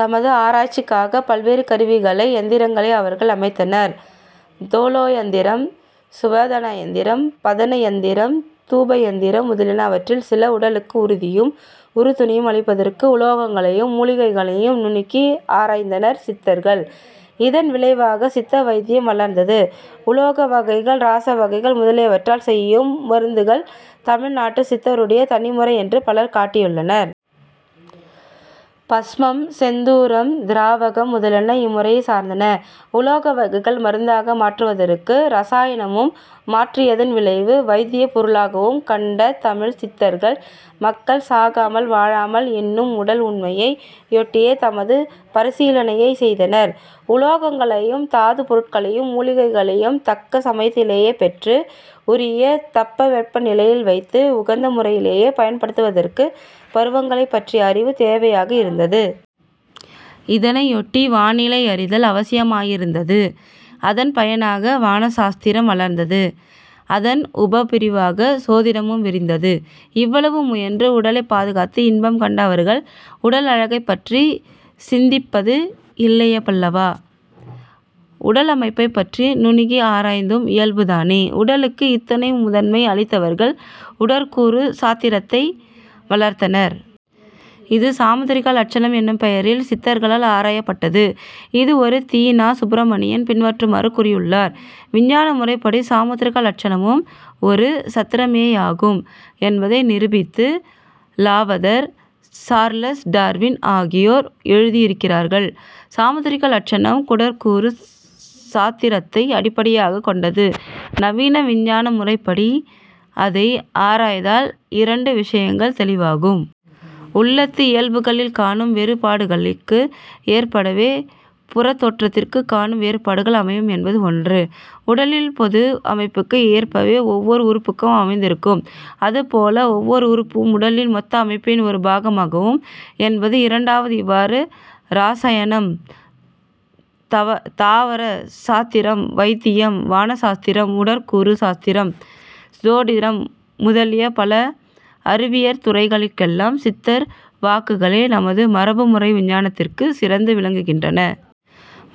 தமது ஆராய்ச்சிக்காகப் பல்வேறு கருவிகளை யந்திரங்களை அவர்கள் அமைத்தனர். தோலயந்திரம், சுவேதனியந்திரம், பதன யந்திரம், தூபயந்திரம் முதலியன அவற்றுள் சில. உடலுக்கு உறுதியும் உறுதுணையும் அளிப்பதற்கு உலோகங்களையும் மூலிகைகளையும் நுணுகி ஆராய்ந்தனர் சித்தர்கள். இதன் விளைவாகச் சித்த வைத்தியம் வளர்ந்தது. உலோக வகைகள், இரசவகைகள் முதலியவற்றால் செய்யும் மருந்துகள், தமிழ் நாட்டுச் சித்தருடைய தனிமுறை என்று பலர் காட்டியுள்ளனர். பஸ்பம், செந்தூரம், திராவகம் முதலியன இம்முறையைச் சார்ந்தன. உலோக வகைகளை மருந்தாக மாற்றுவதற்கு இரசாயனமும், மாற்றியதன் விளைவு வைத்தியப் பொருளாகவும் கண்ட தமிழ்ச் சித்தர்கள், மக்கள் சாகாமல் வாழலாம் என்னும் உடல் உண்மையை யொட்டியே தமது பரிசீலனைகளைச் செய்தனர். உலோகங்களையும், தாதுப் பொருட்களையும் மூலிகைகளையும் தக்க சமயத்திலே பெற்று, உரிய தட்பவெப்ப நிலைகளில் வைத்து, உகந்த முறையிலே பயன்படுத்துவதற்குப் பருவங்களைப் பற்றிய அறிவு தேவையாக இருந்தது. இதனையொட்டி வானிலை அறிதல் அவசியமாயிருந்தது. இதன் பயனாக வான சாஸ்திரம் வளர்ந்தது. அதன் உபபிரிவாகச் சோதிடமும் விரிந்தது. இவ்வளவு முயன்று உடலைப் பாதுகாத்து இன்பம் கண்ட அவர்கள் உடல் அழகைப் பற்றி சிந்திப்பது இயல்பல்லவா? உடலமைப்பைப் பற்றி நுணுகி ஆராய்வதும் இயல்புதானே. உடலுக்கு இத்துணை முதன்மை அளித்தவர்கள் உடற்கூறு சாத்திரத்தை வளர்த்தனர். இது சாமுத்திரிகா லட்சணம் என்னும் பெயரில் சித்தர்களால் ஆராயப்பட்டது. இதுபற்றி தி. நா. சுப்பிரமணியன் பின்வருமாறு கூறியுள்ளார்: "விஞ்ஞான முறைப்படி சாமுத்திரிகா லட்சணமும் ஒரு சாத்திரமேயாகும் என்பதை நிரூபித்து, லாவதர், சார்லஸ் டார்வின் ஆகியோர் எழுதியிருக்கிறார்கள். சாமுத்திரிகா லட்சணம் உடற்கூறு சாத்திரத்தை அடிப்படையாகக் கொண்டது. நவீன விஞ்ஞான முறைப்படி அதை ஆராய்ந்தால் இரண்டு விஷயங்கள் தௌிவாகும். உள்ளத்து இயல்புகளில் காணும் வேறுபாடுகளுக்கு ஏற்பவே புறத்தோற்றத்தில் காணும் வேறுபாடுகள் அமையும் என்பது ஒன்று. உடலின் பொது அமைப்புக்கு ஏற்பவே ஒவ்வோர் உறுப்பும் அமைந்திருக்கும். அதுபோல ஒவ்வோர் உறுப்பும் உடலின் மொத்த அமைப்பின் ஒரு பாகமாகும் என்பது இரண்டாவது. " இவ்வாறு இரசாயனம், தாவர சாத்திரம், வைத்தியம், வானசாத்திரம், உடற்கூறு சாத்திரம், சோதிடம் முதலிய பல அறிவியற் துறைகளிலெல்லாம் சித்தர் வாக்குகளே நமது மரபு முறை விஞ்ஞானத்திற் சிறந்து விளங்குகின்றன.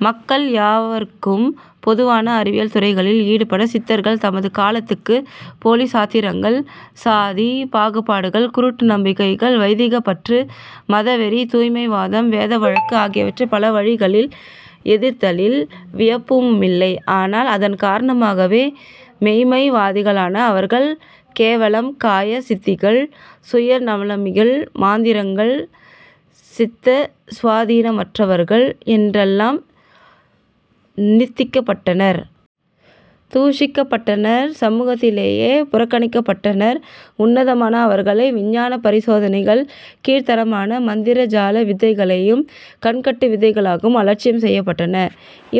மக்கள் யாவருக்கும் பொதுவான அறிவியல் துறைகளில் ஈடுபட்ட சித்தர்கள் தமது காலத்துக்குப் போலிச் சாத்திரங்கள், சாதிப் பாகுபாடுகள், குருட்டு நம்பிக்கை, வைதிகப் பற்று, மதவெறி, தூய்மை வாதம், வேத வழக்கு ஆகியவற்றைப் பல வழிகளில் எதிர்த்ததில் வியப்பெதுவுமில்லை. ஆனால் அதன் காரணமாகவே மெய்ம்மை வாதிகளான அவர்கள் கேவலம் காய சித்திகள், சுயநலமிகள், மாந்திரீகர்கள், சித்த சுவாதீனமற்றவர்கள் என்றெல்லாம் நிந்திக்கப்பட்டனர். தூஷிக்கப்பட்டனர். சமூகத்திலே புறக்கணிக்கப்பட்டனர். உன்னதமான அவர்களுடைய விஞ்ஞானப் பரிசோதனைகள் கீழ்த்தரமான மந்திர ஜால வித்தைகளாகவும், கண்கட்டு வித்தைகளாகவும், அலட்சியம் செய்யப்பட்டன.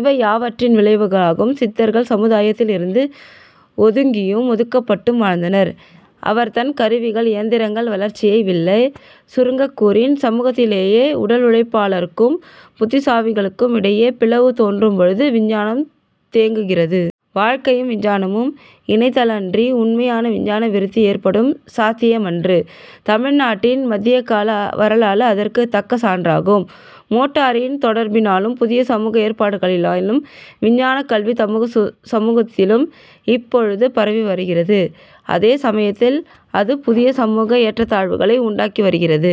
இவை யாவற்றின் விளைவாகவும் சித்தர்கள் சமுதாயத்தில் இருந்து ஒதுங்கியும், ஒதுக்கப்பட்டும் வாழ்ந்தனர். அவர்தம் கருவிகள் இயந்திரங்கள் வளர்ச்சியடைய வில்லை. சுருங்கக்கூறின், சமூகத்திலே உடலுழைப்பாளருக்கும் புத்திசீவிகளுக்கும் இடையே பிளவு தோன்றும் பொழுது விஞ்ஞானம் தேங்குகிறது. வாழ்க்கையும் விஞ்ஞானமும் இணைந்தாலன்றி உண்மையான விஞ்ஞான விருத்தி ஏற்படுதல் சாத்தியமன்று. தமிழ் நாட்டின் மத்தியகால வரலாறு இதற்குத் தக்க சான்றாகும். மேனாட்டாரின் தொடர்பினாலும், புதிய சமூக ஏற்பாடுகளினாலும் விஞ்ஞானக் கல்வி, நமது சமூகத்திலும் இப்பொழுது பரவி வருகிறது. அதே சமயத்தில் அது புதிய சமூக ஏற்றத்தாழ்வுகளை உண்டாக்கி வருகிறது.